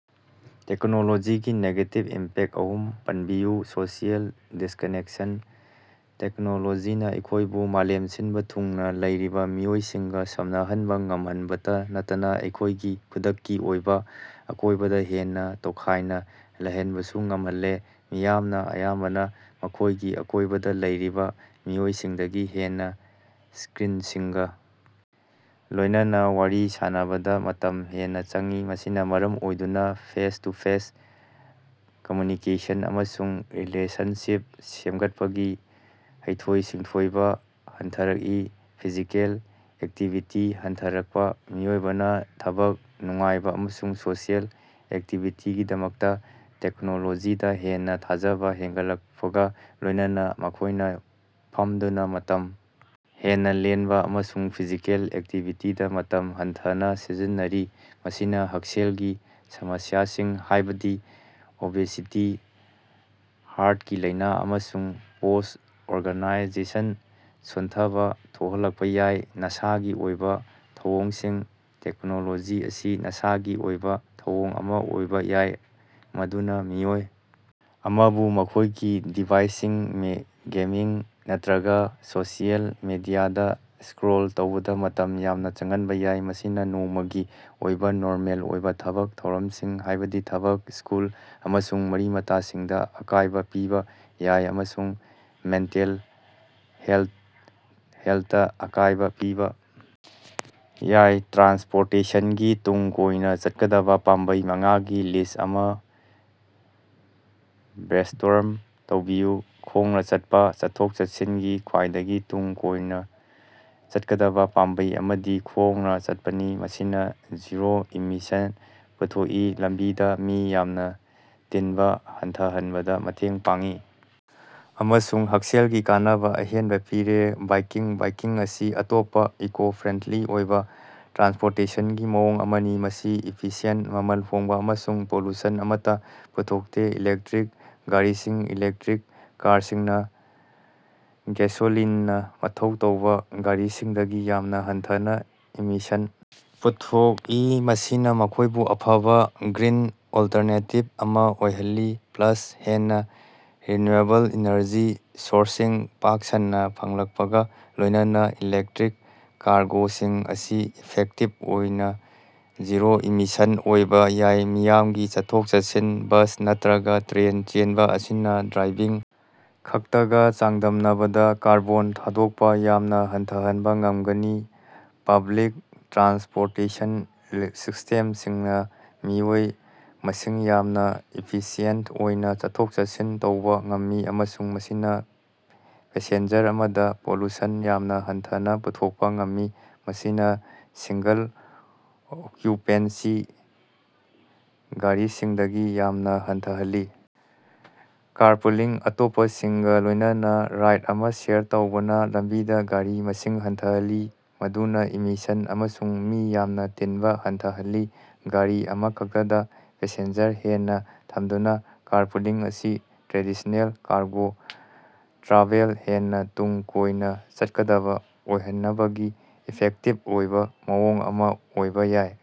ꯇꯦꯛꯅꯣꯂꯣꯖꯤꯒꯤ negative impact ꯑꯍꯨꯝ ꯄꯟꯕꯤꯌꯨ꯫ ꯁꯣꯁꯤꯑꯦꯜ ꯗꯤꯁꯛꯅꯦꯛꯁꯟ: ꯇꯦꯛꯅꯣꯂꯣꯖꯤꯅ ꯑꯩꯈꯣꯏꯕꯨ ꯃꯥꯂꯦꯝ ꯁꯤꯟꯕ ꯊꯨꯡꯅ ꯂꯩꯔꯤꯕ ꯃꯤꯑꯣꯏꯁꯤꯡꯒ ꯁꯝꯅꯍꯟꯕ ꯉꯝꯍꯟꯕꯇ ꯅꯠꯇꯅ ꯑꯩꯈꯣꯏꯒꯤ ꯈꯨꯗꯛꯀꯤ ꯑꯣꯏꯕ ꯑꯀꯣꯏꯕꯗ ꯍꯦꯟꯅ ꯇꯣꯈꯥꯏꯅ ꯂꯩꯍꯟꯕꯁꯨ ꯉꯝꯍꯜꯂꯦ꯫ ꯃꯤꯌꯥꯝꯅ ꯑꯌꯥꯝꯕꯅ ꯃꯈꯣꯏꯒꯤ ꯑꯀꯣꯏꯕꯗ ꯂꯩꯔꯤꯕ ꯃꯤꯑꯣꯏꯁꯤꯡꯗꯒꯤ ꯍꯦꯟꯅ ꯁ꯭ꯀꯔꯤꯟꯁꯤꯡꯒ ꯂꯣꯏꯅꯅ ꯋꯥꯔꯤ ꯁꯥꯅꯕꯗ ꯃꯇꯝ ꯍꯦꯟꯅ ꯆꯪꯏ꯫ ꯃꯁꯤꯅ ꯃꯔꯝ ꯑꯣꯏꯗꯨꯅ ꯐꯦꯁ-ꯇꯨ-ꯐꯦꯁ ꯀꯝꯃ꯭ꯌꯨꯅꯤꯀꯦꯁꯟ ꯑꯃꯁꯨꯡ ꯔꯤꯂꯦꯁꯟꯁꯤꯞ ꯁꯦꯝꯒꯠꯄꯒꯤ ꯍꯩꯊꯣꯏ-ꯁꯤꯡꯊꯣꯏꯕ ꯍꯟꯊꯔꯛꯏ꯫ ꯐꯤꯖꯤꯀꯦꯜ ꯑꯦꯛꯇꯤꯚꯤꯇꯤ ꯍꯟꯊꯔꯛꯄ: ꯃꯤꯑꯣꯏꯕꯅ ꯊꯕꯛ, ꯅꯨꯡꯉꯥꯏꯕ ꯑꯃꯁꯨꯡ ꯁꯣꯁꯤꯑꯦꯜ ꯑꯦꯛꯇꯤꯚꯤꯇꯤꯒꯤꯗꯃꯛꯇ ꯇꯦꯛꯅꯣꯂꯣꯖꯤꯗ ꯍꯦꯟꯅ ꯊꯥꯖꯕ ꯍꯦꯟꯒꯠꯂꯛꯄꯒ ꯂꯣꯏꯅꯅ ꯃꯈꯣꯢꯅ ꯐꯝꯗꯨꯅ ꯃꯇꯝ ꯍꯦꯟꯅ ꯂꯦꯟꯕ ꯑꯃꯁꯨꯡ ꯐꯤꯖꯤꯀꯦꯜ ꯑꯦꯛꯇꯤꯚꯤꯇꯤꯗ ꯃꯇꯝ ꯍꯟꯊꯅ ꯁꯤꯖꯤꯟꯅꯔꯤ꯫ ꯃꯁꯤꯅ ꯍꯛꯁꯦꯜꯒꯤ ꯁꯃꯁ꯭ꯌꯥꯁꯤꯡ, ꯍꯥꯏꯕꯗꯤ ꯑꯣꯕꯦꯁꯤꯇꯤ, ꯍꯥꯔꯇꯀꯤ ꯂꯥꯏꯅꯥ, ꯑꯃꯁꯨꯡ ꯄꯣꯁ꯭ꯠ-ꯑꯣꯔꯒꯥꯅꯥꯏꯖꯦꯁꯟ ꯁꯣꯟꯊꯕ ꯊꯣꯛꯍꯜꯂꯛꯄ ꯌꯥꯏ꯫ ꯅꯁꯥꯒꯤ ꯑꯣꯏꯕ ꯊꯧꯑꯣꯡꯁꯤꯡ: ꯇꯦꯛꯅꯣꯂꯣꯖꯤ ꯑꯁꯤ ꯅꯁꯥꯒꯤ ꯑꯣꯏꯕ ꯊꯧꯑꯣꯡ ꯑꯃ ꯑꯣꯏꯕ ꯌꯥꯏ꯫ ꯃꯗꯨꯅ ꯃꯤꯑꯣꯏ ꯑꯃꯕꯨ ꯃꯈꯣꯏꯒꯤ ꯗꯤꯚꯥꯏꯁꯁꯤꯡ, ꯒꯦꯃꯤꯡ ꯅꯠꯇ꯭ꯔꯒ ꯁꯣꯁꯤꯑꯦꯜ ꯃꯦꯗꯤꯌꯥꯗꯥ ꯁ꯭ꯀꯔꯣꯜ ꯇꯧꯕꯗ ꯃꯇꯝ ꯌꯥꯝꯅ ꯆꯪꯍꯟꯕ ꯌꯥꯏ꯫ ꯃꯁꯤꯅ ꯅꯣꯡꯃꯒꯤ ꯑꯣꯏꯕ ꯅꯣꯔꯃꯦꯜ ꯑꯣꯏꯕ ꯊꯕꯛ ꯊꯧꯔꯝꯁꯤꯡ, ꯍꯥꯏꯕꯗꯤ ꯊꯕꯛ, ꯁ꯭ꯀꯨꯜ, ꯑꯃꯁꯨꯡ ꯃꯔꯤ-ꯃꯇꯥꯁꯤꯡꯗꯥ ꯑꯀꯥꯏꯕ ꯄꯤꯕ ꯌꯥꯏ ꯑꯃꯁꯨꯡ ꯃꯦꯟꯇꯦꯜ ꯍꯦꯂꯊꯇ ꯑꯀꯥꯏꯕ ꯄꯤꯕ ꯌꯥꯏ꯫ ꯇ꯭ꯔꯥꯟꯁꯄꯣꯔꯇꯦꯁꯟꯒꯤ ꯇꯨꯡ ꯀꯣꯏꯅ ꯆꯠꯀꯗꯕ ꯄꯥꯝꯕꯩ ꯃꯉꯥꯒꯤ ꯂꯤꯁ꯭ꯠ ꯑꯃ ꯕ꯭ꯔꯦꯅꯁ꯭ꯇꯣꯔꯝ ꯇꯧꯕꯤꯌꯨ꯫ ꯈꯣꯡꯅ ꯆꯠꯄ: ꯆꯠꯊꯣꯛ-ꯆꯠꯁꯤꯟꯒꯤ ꯈ꯭ꯋꯥꯏꯗꯒꯤ ꯇꯨꯡ ꯀꯣꯏꯅ ꯆꯠꯀꯗꯕ ꯄꯥꯝꯕꯩ ꯑꯃꯗꯤ ꯈꯣꯡꯅꯥ ꯆꯠꯄꯅꯤ꯫ ꯃꯁꯤꯅ ꯖꯤꯔꯣ ꯏꯃꯤꯁꯟ ꯄꯨꯊꯣꯛꯏ, ꯂꯝꯕꯤꯗ ꯃꯤ ꯌꯥꯝꯅ ꯇꯤꯟꯕ ꯍꯟꯊꯍꯟꯕꯗ ꯃꯇꯦꯡ ꯄꯥꯡꯏ ꯫ꯑꯃꯁꯨꯡ ꯍꯛꯁꯦꯜꯒꯤ ꯀꯥꯟꯅꯕ ꯑꯍꯦꯟꯕ ꯄꯤꯔꯦ꯫ ꯕꯥꯏꯀꯤꯡ: ꯕꯥꯏꯀꯤꯡ ꯑꯁꯤ ꯑꯇꯣꯞꯄ ꯏꯀꯣ-ꯐ꯭ꯔꯦꯟꯗꯂꯤ ꯑꯣꯏꯕ ꯇ꯭ꯔꯥꯟꯁꯄꯣꯔꯇꯦꯁꯟꯒꯤ ꯃꯑꯣꯡ ꯑꯃꯅꯤ꯫ ꯃꯁꯤ ꯏꯐꯤꯁꯤꯌꯦꯟꯇ, ꯃꯃꯜ ꯍꯣꯡꯕ ꯑꯃꯁꯨꯡ ꯄꯣꯂꯨꯁꯟ ꯑꯃꯠꯇ ꯄꯨꯊꯣꯛꯇꯦ꯫ ꯏꯂꯦꯛꯇ꯭ꯔꯤꯛ ꯒꯥꯔꯤꯁꯤꯡ: ꯏꯂꯦꯛꯇ꯭ꯔꯤꯛ ꯀꯥꯔꯁꯤꯡꯅ ꯒꯦꯁꯣꯂꯤꯅꯅꯥ ꯃꯊꯧ ꯇꯧꯕ ꯒꯥꯔꯤꯁꯤꯡꯗꯒꯤ ꯌꯥꯝꯅ ꯍꯟꯊꯅ ꯏꯃꯤꯁꯟ ꯄꯨꯊꯣꯛꯏ꯫ ꯃꯁꯤꯅ ꯃꯈꯣꯏꯕꯨ ꯑꯐꯕ ꯒ꯭ꯔꯤꯟ ꯑꯣꯜꯇꯔꯅꯦꯇꯤꯕ ꯑꯃ ꯑꯣꯏꯍꯜꯂꯤ꯫ ꯄ꯭ꯂꯁ, ꯍꯦꯟꯅ ꯔꯤꯟꯌꯨꯑꯦꯕꯜ ꯏꯅꯔꯖꯤ ꯁꯣꯔꯁꯁꯤꯡ ꯄꯥꯛ ꯁꯟꯅ ꯐꯪꯂꯛꯄꯒ ꯂꯣꯏꯅꯅ ꯏꯂꯦꯛꯇ꯭ꯔꯤꯛ ꯀꯥꯔꯒꯣꯁꯤꯡ ꯑꯁꯤ ꯏꯐꯦꯛꯇꯤꯕ ꯑꯣꯏꯅ ꯖꯤꯔꯣ-ꯏꯃꯤꯁꯟ ꯑꯣꯏꯕ ꯌꯥꯏ꯫ ꯃꯤꯌꯥꯝꯒꯤ ꯆꯠꯊꯣꯛ-ꯆꯠꯁꯤꯟ: ꯕꯁ ꯅꯠꯇ꯭ꯔꯒ ꯇ꯭ꯔꯦꯟ ꯆꯦꯟꯕ ꯑꯁꯤꯅ ꯗ꯭ꯔꯥꯏꯚꯤꯡ ꯈꯛꯇꯒ ꯆꯥꯡꯗꯝꯅꯕꯗ ꯀꯥꯔꯕꯣꯟ ꯊꯥꯗꯣꯛꯄꯥ ꯌꯥꯝꯅ ꯍꯟꯊꯍꯟꯕ ꯉꯝꯒꯅꯤ꯫ ꯄꯕ꯭ꯂꯤꯛ ꯇ꯭ꯔꯥꯟꯁꯄꯣꯔꯇꯦꯁꯟ ꯁꯤꯁ꯭ꯇꯦꯝꯁꯤꯡꯅ ꯃꯤꯑꯣꯏ ꯃꯁꯤꯡ ꯌꯥꯝꯅ ꯏꯐꯤꯁꯤꯑꯦꯟꯇ ꯑꯣꯏꯅ ꯆꯠꯊꯣꯛ-ꯆꯠꯁꯤꯟ ꯇꯧꯕ ꯉꯝꯃꯤ ꯫ ꯑꯃꯁꯨꯡ ꯃꯁꯤꯅ ꯄꯦꯁꯦꯟꯖꯔ ꯑꯃꯗ ꯄꯣꯂꯨꯁꯟ ꯌꯥꯝꯅ ꯍꯟꯊꯅ ꯄꯨꯊꯣꯛꯄ ꯉꯝꯃꯤ꯫ ꯃꯁꯤꯅ ꯁꯤꯡꯒꯜ-ꯑꯣꯛꯌꯨꯄꯦꯟꯁꯤ ꯒꯥꯔꯤꯁꯤꯡꯗꯒꯤ ꯌꯥꯝꯅ ꯍꯟꯊꯍꯜꯂꯤ꯫ ꯀꯥꯔꯄꯨꯂꯤꯡ: ꯑꯇꯣꯞꯄꯁꯤꯡꯒ ꯂꯣꯏꯅꯅ ꯔꯥꯏꯗ ꯑꯃ ꯁꯦꯌꯔ ꯇꯧꯕꯅ ꯂꯝꯕꯤꯗ ꯒꯥꯔꯤ ꯃꯁꯤꯡ ꯍꯟꯊꯍꯜꯂꯤ꯫ ꯃꯗꯨꯅ ꯏꯃꯤꯁꯟ ꯑꯃꯁꯨꯡ ꯃꯤ ꯌꯥꯝꯅ ꯇꯤꯟꯕ ꯍꯟꯊꯍꯜꯂꯤ꯫ ꯒꯥꯔꯤ ꯑꯃꯈꯛꯇꯗ ꯄꯦꯁꯦꯟꯖꯔ ꯍꯦꯟꯅ ꯊꯝꯗꯨꯅ, ꯀꯥꯔꯄꯨꯂꯤꯡ ꯑꯁꯤ ꯇ꯭ꯔꯦꯗꯤꯁ꯭ꯅꯦꯜ ꯀꯥꯔꯒꯣ ꯇ꯭ꯔꯥꯚꯦꯜ ꯍꯦꯟꯅ ꯇꯨꯡ ꯀꯣꯏꯅ ꯆꯠꯀꯗꯕ ꯑꯣꯏꯍꯟꯅꯕꯒꯤ ꯏꯐꯦꯛꯇꯤꯕ ꯑꯣꯏꯕ ꯃꯑꯣꯡ ꯑꯃ ꯑꯣꯏꯕ ꯌꯥꯏ꯫